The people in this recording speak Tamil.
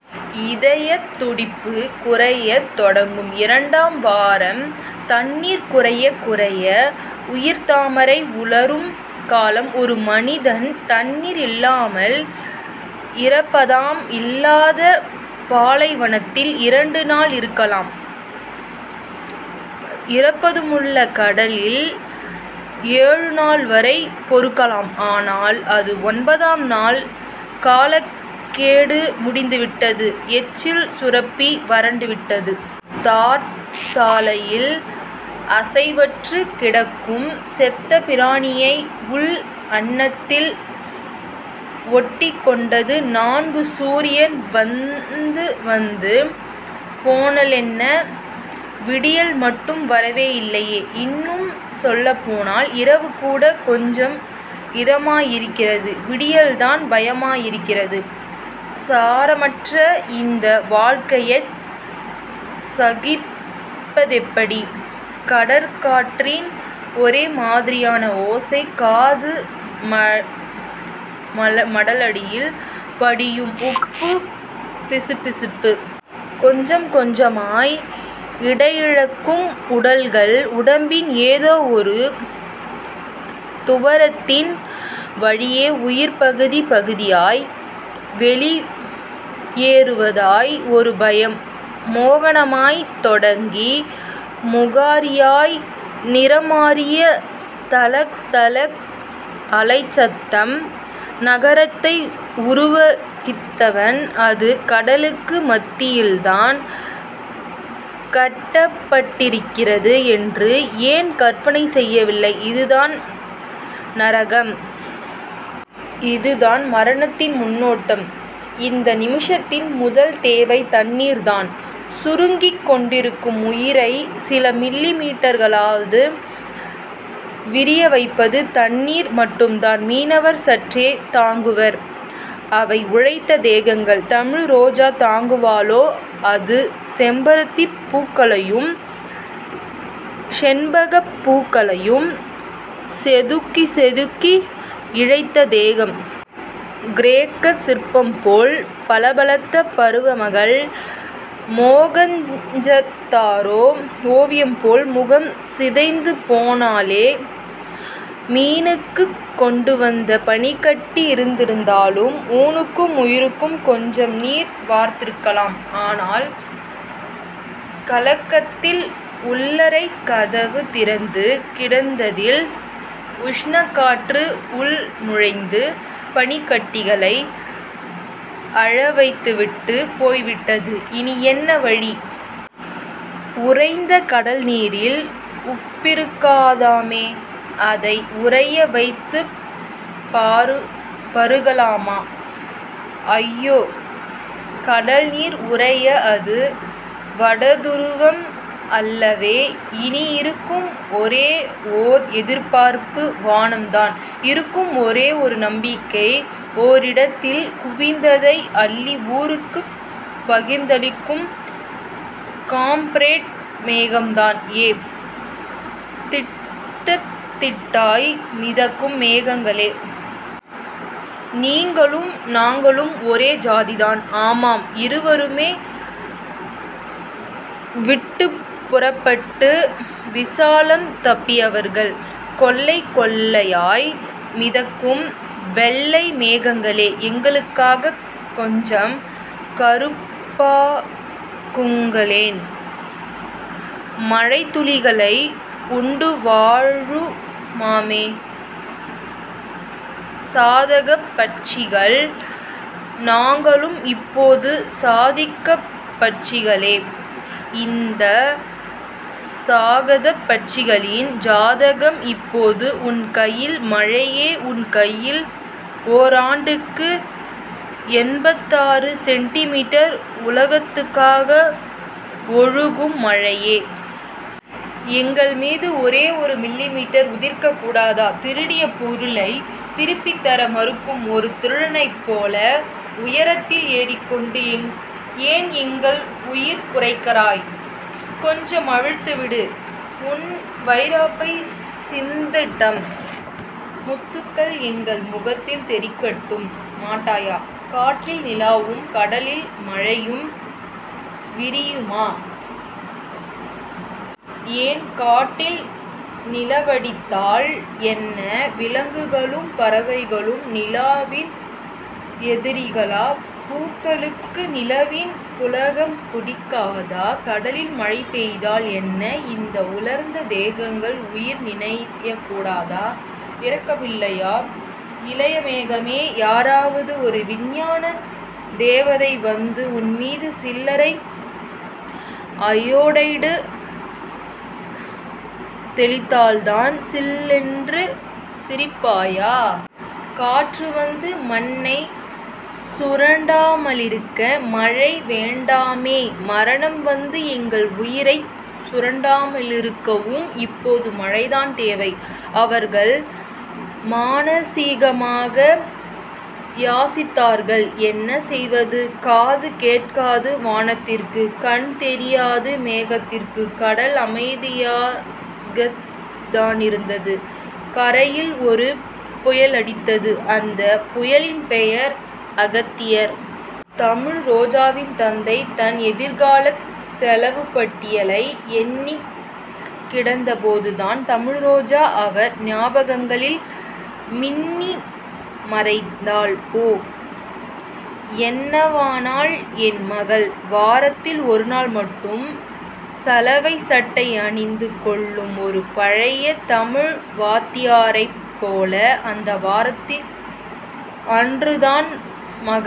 இதயத் துடிப்பு குறையத் தொடங்கும் இரண்டாம் வாரம். தண்ணீர் குறையக் குறைய உயிர்த்தாமரை உலரும் காலம். ஒரு மனிதன் தண்ணீர் இல்லாமல் ஈரப்பதம் இல்லாத பாலைவனத்தில் இரண்டு நாள் இருக்கலாம். ஈரப்பதமுள்ள கடலில் ஏழுநாள்வரை பொறுக்கலாம். ஆனால் அது ஒன்பதாம் நாள். காலக்கெடு முடிந்துவிட்டது. எச்சில் சுரப்பி வறண்டுவிட்டது. தார்ச்சாலையில் அசைவற்றுக் கிடக்கும் செத்தபிராணியாய் உள் அண்ணத்தில் ஒட்டிக்கொண்டது நாக்கு. சூரியன் வந்துவந்து போனாலென்ன. விடியல் மட்டும் வரவே இல்லையே. இன்னும் சொல்லப்போனால் இரவுகூடக் கொஞ்சம் இதமாயிருக்கிறது. விடிந்தால்தான் பயமாயிருக்கிறது. சாரமற்ற இந்த வாழ்க்கையைச் சகிப்பதெப்படி? கடற்காற்றின் ஒரேமாதிரியான ஓசை. காது மடலடியில் படியும் உப்புப் பிசுபிசுப்பு. கொஞ்சம் கொஞ்சமாய் எடையிழக்கும் உடல்கள். உடம்பின் ஏதோ ஒரு துவாரத்தின் வழியே, உயிர் பகுதி பகுதியாய் வெளியேறுவதாய் ஒரு பயம். மோகனமாய்த் தொடங்கி முகாரியாய் நிறம்மாறிய தளக் தளக் அலைச்சத்தம். நரகத்தை உருவகித்தவன் அது கடலுக்கு மத்தியில்தான் கட்டப்பட்டிருக்கிறது என்று ஏன் கற்பனை செய்யவில்லை? இதுதான் நரகம். இதுதான் மரணத்தின் முன்னோட்டம். இந்த நிமிஷத்தின் முதல் தேவை தண்ணீர்தான். சுருங்கிக் கொண்டிருக்கும் உயிரைச் சில மில்லி மீட்டர்களாவது விரியவைப்பது தண்ணீர் மட்டும்தான். மீனவர் சற்றே தாங்குவர். அவை உழைத்த தேகங்கள். தமிழ்ரோஜா தாங்குவாளோ? அது செம்பருத்திப் பூக்களையும் செண்பகப் பூக்களையும் செதுக்கிச் செதுக்கி இழைத்த தேகம். கிரேக்கச் சிற்பம்போல் பளபளத்த பருவமகள், மொகஞ்சதாரோ ஒவியம்போல் முகம் சிதைந்து போனாளே. மீனுக்குக் கொண்டுவந்த பனிக்கட்டி இருந்திருந்தாலும் ஊனுக்கும் உயிருக்கும் கொஞ்சம் நீர் வார்த்திருக்கலாம். ஆனால் கலக்கத்தில் உள்ளறைக் கதவு திறந்து கிடந்ததில் உஷணக்காற்று உள் நுழைந்து பனிக்கட்டிகளை அழவைத்துவிட்டுப் போய்விட்டது. இனி என்ன வழி? உறைந்த கடல்நீரில் உப்பிருக்காதாமே. அதை உறைய வைத்துப் பருகலாமா? அய்யோ. கடல்நீர் உறைய இது வடதுருவம் அல்லவே. இனி இருக்கும் ஒரே ஓர் எதிர்பார்ப்பு வானம்தான். இருக்கும் ஒரே ஒரு நம்பிக்கை ஓரிடத்தில் குவிந்ததை அள்ளி ஊருக்குப் பகிர்ந்தளிக்கும் காம்ரேட் மேகம்தான். ஏ, திட்டுத்திட்டாய் மிதக்கும் மேகங்களே. நீங்களும் நாங்களும் ஒரே ஜாதிதான். ஆமாம். இருவருமே விட்டுப்புறப்பட்டு விலாசம் தப்பியவர்கள். கொள்ளை கொள்ளையாய் மிதக்கும் வெள்ளை மேகங்களே. எங்களுக்காகக் கொஞ்சம் கறுப்பாகுங்களேன். மழைத்துளிகளை உண்டுவாழுமாமே சாதகப்பட்சிகள். நாங்களும் இப்போது சாதகப்பட்சிகளே. இந்தச் சாதகப்பட்சிகளின் ஜாதகம், இப்போது உன் கையில் மழையே... உன் கையில். ஓராண்டுக்கு எண்பத்தாறு சென்டிமீட்டர் உலகத்துக்காக ஒழுகும் மழையே. எங்கள் மீது ஒரே ஒரு மில்லிமீட்டர் உதிர்க்கக் கூடாதா? திருடிய பொருளைத் திருப்பித்தர மறுக்கும் ஒரு திருடனைப் போல உயரத்தில் ஏறிக்கொண்டு ஏன் எங்கள் உயிர் குறைக்கிறாய்? கொஞ்சம் அவிழ்த்துவிடு. உன் வைரப்பை சிந்தட்டும். முத்துக்கள் எங்கள் முகத்தில் தெறிக்கட்டும். மாட்டாயா? காட்டில் நிலாவும் கடலில் மழையும் விரயமா? ஏன்? காட்டில் நிலவடித்தால் என்ன? விலங்குகளும் பறவைகளும் நிலாவின் எதிரிகளா? பூக்களுக்கு நிலவின் புளகம் பிடிக்காதா? கடலில் மழை பெய்தால் என்ன? இந்த உலர்ந்த தேகங்கள் உயிர் நனையக்கூடாதா? இரக்கமில்லையா இளையமேகமே? யாராவது ஒரு விஞ்ஞான தேவதை வந்து உன்மீது சில்வர் அயொடைடு தெளித்தால்தான் சில்லென்று சிரிப்பாயா? காற்று வந்து மண்ணைச் சுரண்டாமலிருக்க மழை வேண்டுமாமே. மரணம் வந்து எங்கள் உயிரைச் சுரண்டாமலிருக்கவும் இப்போது மழைதான் தேவை. அவர்கள் மானசீகமாக யாசித்தார்கள். என்ன செய்வது? காது கேட்காது வானத்திற்கு. கண் தெரியாது மேகத்திற்கு. கடல் அமைதியாகத்தானிருந்தது. கரையில் ஒரு புயலடித்தது. அந்தப் புயலின் பெயர் அகத்தியர். தமிழ்ரோஜாவின் தந்தை. தன் எதிர்காலச் செலவுப்பட்டியலை எண்ணிக் கிடந்தபோதுதான் தமிழ்ரோஜா அவர் ஞாபகங்களில் மின்னி மறைந்தாள். ஓ. என்னவானாள் என் மகள்? வாரத்தில் ஒருநாள் மட்டும் சலவைச்சட்டை அணிந்து கொள்ளும் ஒரு பழைய தமிழ்வாத்தியாரைப் போல அந்த வாரத்தில் அன்றுதான் ம